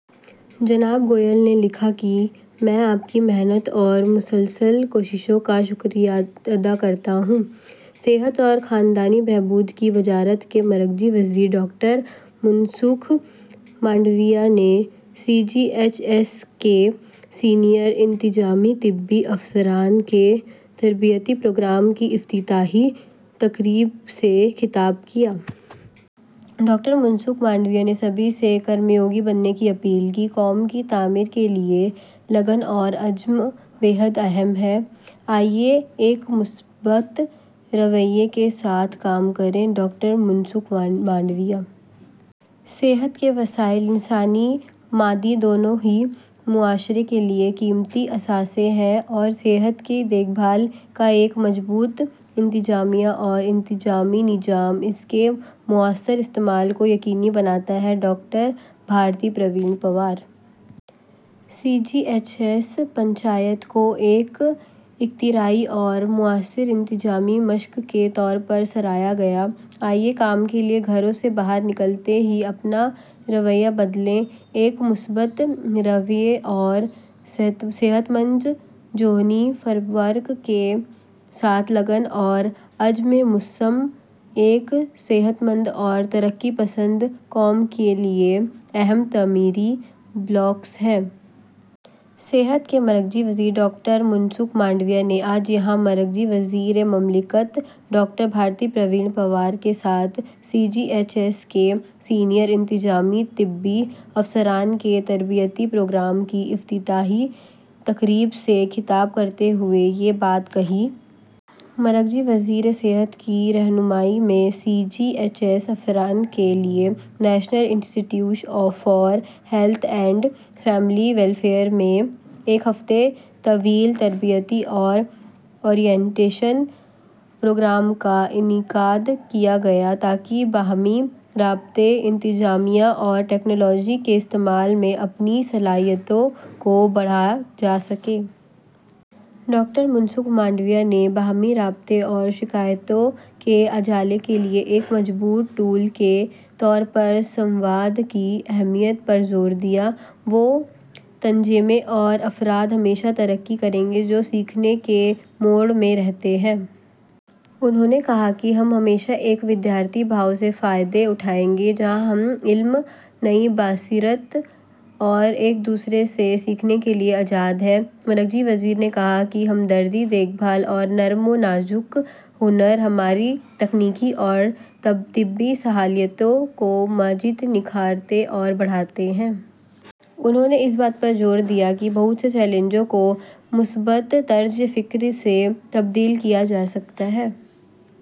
جناب گوئل نے لکھا کہ ''میں، آپ کی محنت اور مسلسل کوششوں کا شکریہ ادا کرتا ہوں۔ صحت اور خاندانی بہبود کی وزارت: صحت کے مرکزی وزیر ڈاکٹر منسکھ مانڈویا نے سی جی ایچ ایس کے سینئر انتظامی طبی افسران کے تربیتی پروگرام کی افتتاحی تقریب سے خطاب کیا۔ ڈاکٹر منسکھ مانڈویا نے سب سے کرم یوگی بننے کی اپیل کی ہے۔ ''قوم کی تعمیر کے لیے لگن اور عزم اہم ہے۔'' آئیے ایک مثبت ''رویہ'' کے ساتھ کام کریں: ڈاکٹر منسکھ مانڈویا۔ صحت کے وسائل، انسانی اور مادی، دونوں ہی معاشرے کے لیے قیمتی اثاثے ہیں اور صحت کی دیکھ بھال کا ایک مضبوط انتظامیہ اور انتظامی نظام ان کے مؤثر استعمال کو یقینی بناتا ہے: doctor Bharati Pravin Pawar. ''C G H S panchayat'' کو ایک اختراعی اور مؤثر انتظامی مشق کے طور پر سراہا گیا۔ ''آئیے کام کے لیے گھروں سے باہر نکلتے ہی اپنا رویہ بدلیں۔ ایک مثبت رویہ اور صحت مند ذہنی فریم ورک کے ساتھ لگن اور عزمِ مصمم ایک صحت مند اور ترقی پسند قوم کے لیے اہم تعمیراتی بلاکس ہیں۔'' صحت کے مرکزی وزیر ڈاکٹر منسکھ مانڈویا نے آج یہاں مرکزی وزیر مملکت ڈاکٹر بھارتی پروین پوار کے ساتھ سی جی ایچ ایس کے سینئر انتظامی طبی افسران کے تربیتی پروگرام کی افتتاحی تقریب سے خطاب کرتے ہوئے یہ بات کہی۔ مرکزی وزیر صحت کی رہنمائی میں سی جی ایچ ایس افسران کے لیے national institute for health and family welfare میں ایک ہفتہ طویل تربیتی اور اورینٹیشن پروگرام کا انعقاد کیا گیا ہے تاکہ باہمی رابطے، انتظامیہ اور ٹیکنالوجی کے استعمال میں اپنی صلاحیتوں کو بڑھایا جا سکے۔ ڈاکٹر منسکھ مانڈویا نے باہمی رابطے اور شکایات کے ازالے کے لیے ایک مضبوط ٹول کے طور پر ''سمواد'' کی اہمیت پر زور دیا۔ ''وہ تنظیمیں اور افراد ہمیشہ ترقی کریں گے جو سیکھنے کے موڈ میں ہیں۔'' انہوں نے کہا کہ ہم ہمیشہ ایک ''ودیارتھی بھاو'' سے فائدہ اٹھائیں گے، جہاں ہم علم، نئی بصیرت اور ایک دوسرے سے سیکھنے کے لیے آزاد ہیں۔ مرکزی وزیر نے کہا کہ ہمدردی، دیکھ بھال اور ہلکے قسم کے ہنر ہماری تکنیکی اور طبی صلاحیتوں کو مزید نکھارتے اور بڑھاتے ہیں۔ انہوں نے اس بات پر زور دیا کہ بہت سے چیلنجوں کو مثبت طرزِ فکر سے تبدیل